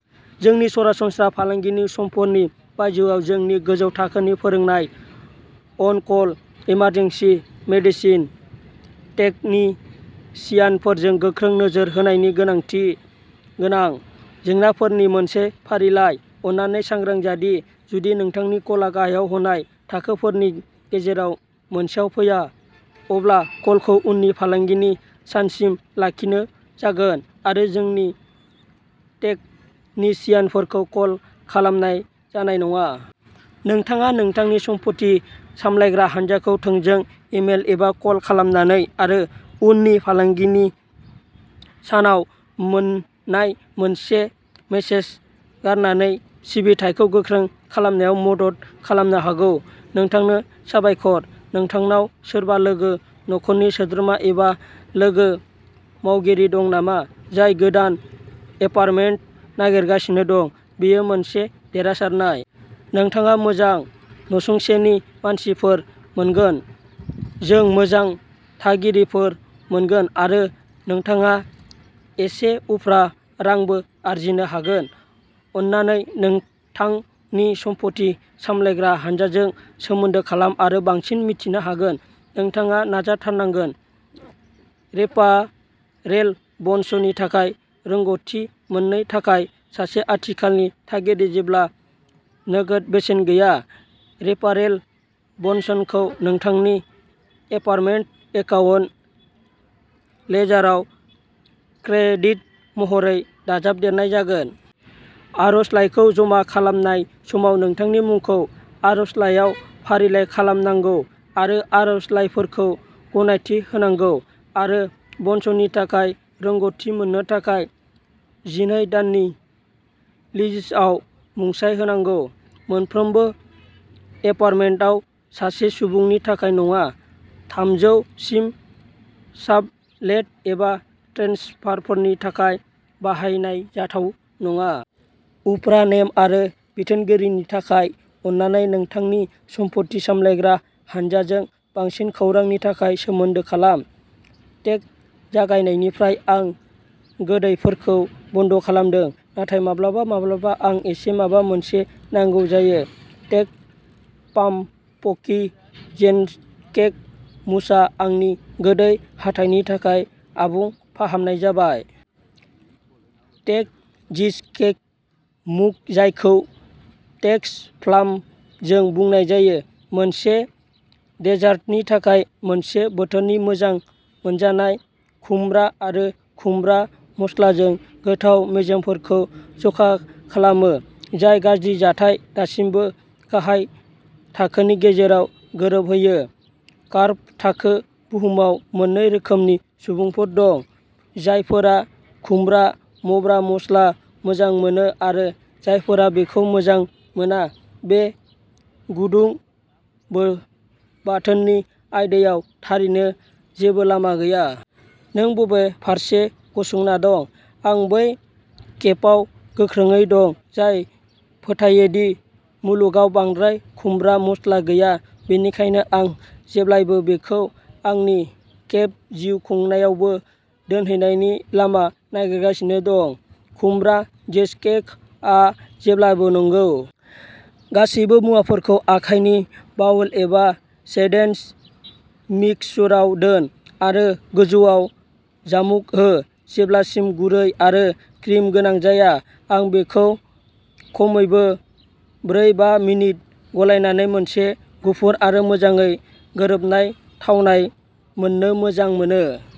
जोंनि सरासनस्रा फालांगिनि समफोरनि बायजोआव जोंनि गोजौ थाखोनि फोरोंजानाय अन कल इमारजेन्सि मेंटेनेन्स टेकनिशियानफोरजों गोख्रै नोजोर होनायनि गोनांथि गोनां जेंनाफोरनि मोनसे फारिलाइ। अन्नानै सांग्रां जा दि जुदि नोंथांनि कलआ गाहायाव होनाय थाखोफोरनि गेजेराव मोनसेयाव फैया, अब्ला कलखौ उननि फालांगिनि सानसिम लाखिनाय जागोन आरो जोंनि टेकनिशियानफोरखौ कल खालामनाय जानाय नङा। नोंथाङा नोंथांनि सम्पथि सामलायग्रा हान्जाखौ थोंजों इमेल एबा कल खालामनानै आरो उननि फालांगिनि सानाव मोन्नाय मोनसे मेसेज गारनानै सिबिथाइखौ गोख्रै खालामनायाव मदद खालामनो हागौ। नोंथांनो साबायखर! नोंथांनाव सोरबा लोगो, नखरनि सोद्रोमा, एबा लोगो मावगिरि दं नामा, जाय गोदान एपार्टमेन्ट नागिरगासिनो दं, बेयो मोनसे देरहासारनाय। नोंथाङा मोजां नसुंसेनि मानसिफोर मोनगोन, जों मोजां थागिरिफोर मोनगोन, आरो नोंथाङा एसे उफ्रा रांबो आर्जिनो हागोन! अन्नानै नोंथांनि सम्पथि सामलायग्रा हानजाजों सोमोन्दो खालाम आरो बांसिन मिथिनो हागोन। नोंथाङा नाजाथारनांगोन। रेफारेल ब'नसनि थाखाय रोंग'थि मोननो थाखाय सासे आथिखालनि थागिरि जेबो नोगोद बेसेन गैया, रेफारेल ब'नासखौ नोंथांनि एपार्टमेन्ट एकाउन्ट लेजाराव क्रेडिट महरै दाजाबदेरनाय जागोन। आर'जलाइखौ जमा खालामनाय समाव नोंथांनि मुंखौ आर'जलाइयाव फारिलाइ खालामनांगौ आरो आर'जलाइफोरखौ गनायथि होनांगौ आरो ब'नसनि थाखाय रोंग'थि मोननो थाखाय जिनै दाननि लिजआव मुंसाइ होनांगौ। मोनफ्रोम एपार्टमेन्टआव, सासे सुबुंनि थाखाय नङा थामजौ सिम साबलेट एबा ट्रेन्सफारनि थाखाय बाहायनाय जाथाव नङा। उफ्रा नेम आरो बिथोनफोरनि थाखाय, अन्नानै नोंथांनि सम्पथि सामलायग्रा हानजाजों बांसिन खौरांनि थाखाय सोमोन्दो खालाम। केट'जागायनायनिफ्राय आं गोदैफोरखौ बन्द'खालामदों, नाथाय माब्लाबा माब्लाबा आं इसे माबा मोनसे नांगौ जायो। केट'पाम्पकिन चीजकेक मूसआ आंनि गोदै हाथाइनि थाखाय आबुं फाहामनाय जाबाय। केट'चीजकेक मूस-जायखौ केट'फ्लाफजों बुंनाय जायो। मोनसे देजार्टनि थाखाय मोनसे बोथोरनि मोजां मोनजानाय खुमब्रा आरो खुमब्रा मस्लाजों गोथाव मेजेमफोरखौ जखा खालामो जाय गाज्रि नाथाय दासिमबो गाहाय थाखोनि गेजेराव गोरोबहोयो। कार्ब थाखो। बुहुमाव मोननै रोखोमनि सुबुंफोर दं, जायफोरा खुमब्रा मब्रा मस्ला मोजां मोनो आरो जायफोरा बेखौ मोजां मोना, बे गुदुं-बो-बाथोननि आयदायाव थारैनो जेबो लामा गैया। नों बबे फारसे गसंना दं? आं बै केम्पआव गोख्रोंयै दं जाय फोथायो दि मुलुगाव बांद्राय खुमब्रा मस्ला गैया, बेनिखायनो आं जेब्लाबो बेखौ आंनि केट'जिउ खुंनायावबो दोनहैनायनि लामा नागिरगासिनो दं। खुमब्रा चीजकेकआ जेब्लाबो नंगौ। गासैबो मुवाफोरखौ आखाइनि बाउल एबा स्टेन्ड मिक्साराव दोन आरो गोजौयाव चाबुक हो जेब्लासिम गुरै आरो क्रिम गोनां जाया, आं बेखौ खमैबो ब्रै, बा मिनिट गलायनानै मोनसे गुरै आरो मोजाङै गोरोबनाय थावनाय मोननो मोजां मोनो।